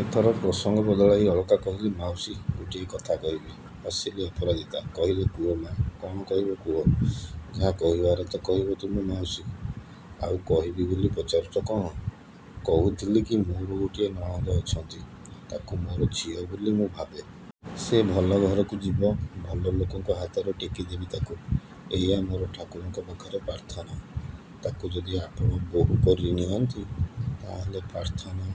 ଏଥର ପ୍ରସଙ୍ଗ ବଦଳାଇ ଅଳକା କହିଲେ–ମାଉସୀ ଗୋଟିଏ କଥା କହିବି। ହସିଲେ ଅପରାଜିତା। କହିଲେ–କୁହ ମା', କ'ଣ କହିବ କୁହ। ଯାହା କହିବାର ତ କହିବ ତୁମ ମାଉସୀକୁ, ଆଉ କହିବି ବୋଲି ପଚାରୁଛ କ'ଣ? କହୁଥିଲି କି ମୋର ଗୋଟିଏ ନଣନ୍ଦ ଅଛନ୍ତି। ତାକୁ ମୋରି ଝିଅ ବୋଲି ମୁଁ ଭାବେ। ସେ ଭଲ ଘରକୁ ଯିବ, ଭଲ ଲୋକଙ୍କ ହାତରେ ଟେକିଦେବି ତାକୁ। ଏଇଆ ମୋର ଠାକୁରଙ୍କ ପାଖରେ ପ୍ରାର୍ଥନା। ତାଙ୍କୁ ଯଦି ଆପଣ ବୋହୂ କରିନିଅନ୍ତି ତାହାହେଲେ ପ୍ରାର୍ଥନା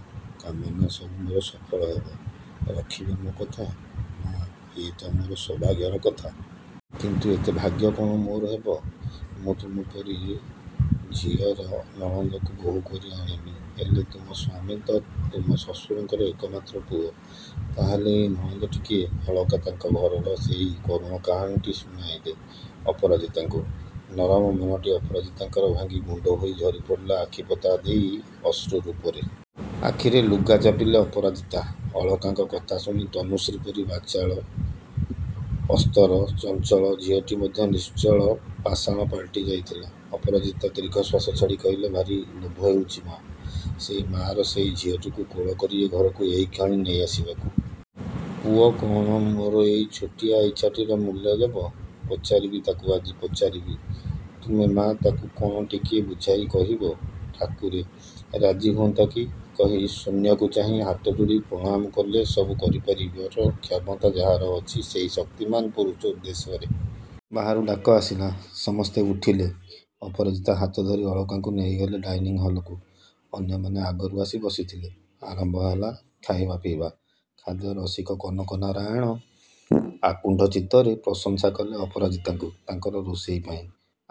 କାମନା ସବୁ ମୋର ସପଂଳ ହେବ। ରଖିବେ ମୋ କଥା? ମା', ଏ ତ ମୋର ସୌଭାଗ୍ୟର କଥା! କିନ୍ତୁ ଏତେ ଭାଗ୍ୟ କ'ଣ ମୋର ହେବ? ମୁଁ ତୁମ ପରି ଝିଅର ନଣନ୍ଦକୁ ବୋହୂ କରି ଆଣିବି। ହେଲେ–ତୁମ ସ୍ୱାମୀ ତ ତୁମ ଶ୍ୱଶୁରଙ୍କର ଏକମାତ୍ର ପୁଅ, ତାହାହେଲେ ଏଇ ନଣନ୍ଦଟି କିଏ? ଅଳକା ତାଙ୍କ ଘରର ସେଇ କରୁଣ କାହାଣୀଟି ଶୁଣାଇଲେ ଅପରାଜିତାଙ୍କୁ ନରମ ମନଟି ଅପରାଜିତାଙ୍କର ଭାଙ୍ଗି ଗୁଣ୍ତ ହୋଇ ଝରିପଡ଼ିଲା ଆଖିପତା ଦେଇ ଅଶ୍ରୁ ରୂପରେ। ଆଖିରେ ଲୁଗା ଚାପିଲେ ଅପରାଜିତା। ଅଳକାଙ୍କ କଥା ଶୁଣି ତନୁଶ୍ରୀ ପରି ବାଚାଳ, ଅସ୍ଥର, ଚଞ୍ଚଳ ଝିଅଟି ମଧ୍ୟ ନିଶ୍ଚଳ ପାଷାଣ ପାଲଟି ଯାଇଥିଲା। ଅପରାଜିତା ଦୀର୍ଘଶ୍ୱାସ ଛାଡ଼ି କହିଲେ–ଭାରି ଲୋଭ ହେଉଛି ମା'! ସେଇ ମା'ର ସେଇ ଝିଅଟିକୁ କୋଳ କରି ଏ ଘରକୁ ଏଇକ୍ଷଣି ନେଇଆସିବାକୁ। ପୁଅ କ'ଣ ମୋର ଏଇ ଛୋଟିଆ ଇଚ୍ଛାଟିର ମୂଲ୍ୟ ଦେବ! ପଚାରିବି, ତାକୁ ଆଜି ପଚାରିବି। ତୁମେ ମା' ତାକୁ କ'ଣ ଟିକିଏ ବୁଝାଇ କହିବ? ଠାକୁରେ–ରାଜି ହୁଅନ୍ତା କି କହି ଶୂନ୍ୟକୁ ଚାହିଁ ହାତଯୋଡ଼ି ପ୍ରଣାମ କଲେ ସବୁ କରିପାରିବାର କ୍ଷମତା ଯାହାର ଅଛି ସେଇ ଶକ୍ତିମାନ ପୁରୁଷ ଉଦ୍ଦେଶ୍ୟରେ। ବାହାରୁ ଡାକଆସିଲା– ସମସ୍ତେ ଉଠିଲେ। ଅପରାଜିତା ହାତଧରି ଅଳକାଙ୍କୁ ନେଇଗଲେ ଡାଇନିଂ ହଲକୁ। ଅନ୍ୟମାନେ ଆଗରୁ ଆସି ବସିଥିଲେ। ଆରମ୍ଭ ହେଲା ଖାଇବା ପିଇବା। ଖାଦ୍ୟ ରସିକ କନକନାରାୟଣ ଅକୁଣ୍ଠଚିତ୍ତରେ ପ୍ରଶଂସାକଲେ ଅପରାଜିତାଙ୍କୁ, ତାଙ୍କର ରୋଷେଇ ପାଇଁ।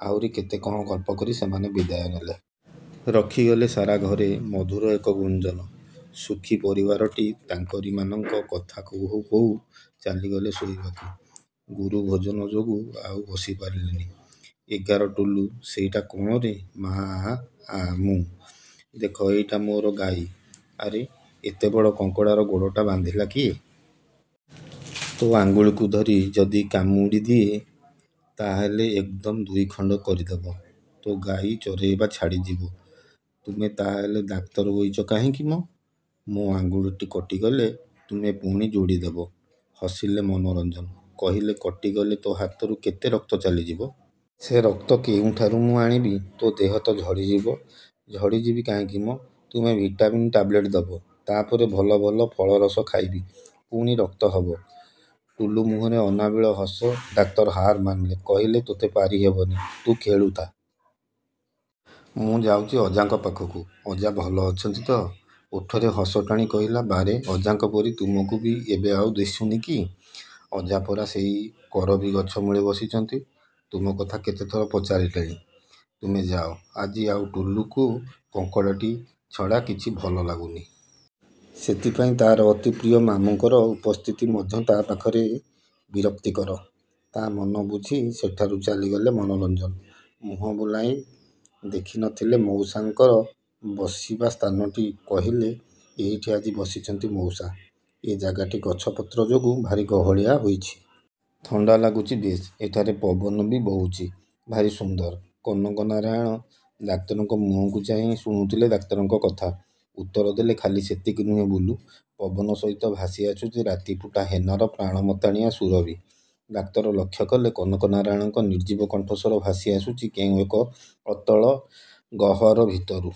ଆହୁରି କେତେ କ'ଣ ଗଳ୍ପକରି ସେମାନେ ବିଦାୟନେଲେ। ରଖିଗଲେ ସାରା ଘରେ ମଧୁର ଏକ ଗୁଞ୍ଜନ। ସୁଖି ପରିବାରଟି ତାଙ୍କରିମାନଙ୍କ। କଥା କହୁ କହୁ ଚାଲିଗଲେ ଶୋଇବାକୁ। ଗୁରୁଭୋଜନ ଯୋଗୁ ଆଉ ବସିପାରିଲେନି। ଏଗାର ଟୁଲୁ, ସେଇଟା କ'ଣରେ? ମା–ଆ–ଆ ମୁଁ। ଦେଖ ଏଇଟା ମୋର ଗାଈ। ଆରେ, ଏତେବଡ଼ କଙ୍କଡ଼ାର ଗୋଡ଼ଟା ବାନ୍ଧିଲା କିଏ। ତୋ ଆଙ୍ଗୁଳିକୁ ଧରି ଯଦି କାମୁଡ଼ିଦିଏ ତାହାହେଲେ ଏକଦମ୍ ଦୁଇଖଣ୍ତ କରିଦେବ। ତୋ ଗାଈ ଚରେଇବା ଛାଡ଼ିଯିବ। ତୁମେ ତାହାହେଲେ ଡାକ୍ତର ହୋଇଚ କାହିଁକି ମ? ମୋ ଆଙ୍ଗୁଳି କଟିଗଲେ ତୁମେ ପୁଣି ଯୋଡ଼ିଦେବ। ହସିଲେ ମନୋରଞ୍ଜନ। କହିଲେ–କଟିଗଲେ ତୋ ହାତରୁ କେତେ ରକ୍ତ ଚାଲିଯିବ। ସେ ରକ୍ତ କେଉଁଠାରୁ ମୁଁ ଆଣିବି। ତୋ ଦେହ ତ ଝଡ଼ିଯିବ। ଝଡ଼ିଯିବି କାହିଁକି ମ। ତୁମେ ଭିଟାମିନ୍ ଟାବଲେଟ୍ ଦେବ। ତା'ପରେ ଭଲ ଭଲ ଫଳରସ ଖାଇବି। ପୁଣି ରକ୍ତହେବ। ଟୁଲୁ ମୁହଁରେ ଅନାବିଳ ହସ। ଡାକ୍ତର ହାର୍ ମାନିଲେ। କହିଲେ–ତୋତେ ପାରିହେବନି। ତୁ ଖେଳୁଥା। ମୁଁ ଯାଉଛି ଅଜାଙ୍କ ପାଖକୁ। ଅଜା ଭଲ ଅଛନ୍ତି ତ? ଓଠରେ ହସଟାଣି କହିଲା– ବାରେ, ଅଜାଙ୍କ ପରି ତୁମକୁ ବି ଏବେ ଆଉ ଦିଶୁନି କି? ଅଜା ପରା ସେଇ କରବୀ ଗଛମୂଳେ ବସିଛନ୍ତି। ତୁମ କଥା କେତେଥର ପଚାରିଲେଣି। ତୁମେ ଯାଅ। ଆଜି ଆଉ ଟୁଲୁକୁ କଙ୍କଡ଼ାଟି ଛଡ଼ା କିଛି ଭଲଲାଗୁନି। ସେଥିପାଇଁ ତା'ର ଅତି ପ୍ରିୟ ମାମୁଁଙ୍କର ଉପସ୍ତିତି ମଧ୍ୟ ତା' ପାଖରେ ବିରକ୍ତିକର। ତା'ମନ ବୁଝି ସେଠାରୁ ଚାଲିଗଲେ ମନୋରଞ୍ଜନ। ମୁହଁ ବୁଲାଇ ଦେଖିନେଲେ ମଉସାଙ୍କ ବସିବା ସ୍ଥାନଟି। କହିଲେ, ଏଇଠି ଆଜି ବସିଛନ୍ତି ମଉସା। ଏ ଜାଗାଟି ଗଛ ପତ୍ରଯୋଗୁଁ ଭାରି ଗହଳିଆ ହୋଇଛି। ଥଣ୍ତା ଲାଗୁଛି ବେଶ୍। ଏଠାରେ ପବନ ବି ବହୁଛି ଭାରି ସୁନ୍ଦର। କନକନାରାୟଣ ଡାକ୍ତରଙ୍କ ମୁହଁକୁ ଚାହିଁ ଶୁଣୁଥିଲେ ଡାକ୍ତରଙ୍କ କଥା। ଉତ୍ତରଦେଲେ–ଖାଲି ସେତିକି ନୁହେଁ ବୁଲୁ, ପବନ ସହିତ ଭାସିଆସୁଛି ରାତିଫୁଟା ହେନାର ପ୍ରାଣ ମତାଣିଆ ସୁରଭି-। ଡାକ୍ତର ଲକ୍ଷ୍ୟକଲେ– କନକନାରାୟଣଙ୍କ ନିର୍ଜୀବ କଣ୍ଠସ୍ୱର ଭାସିଆସୁଛି କେଉଁ ଏକ ଅତଳ ଗହ୍ୱର ଭିତରୁ।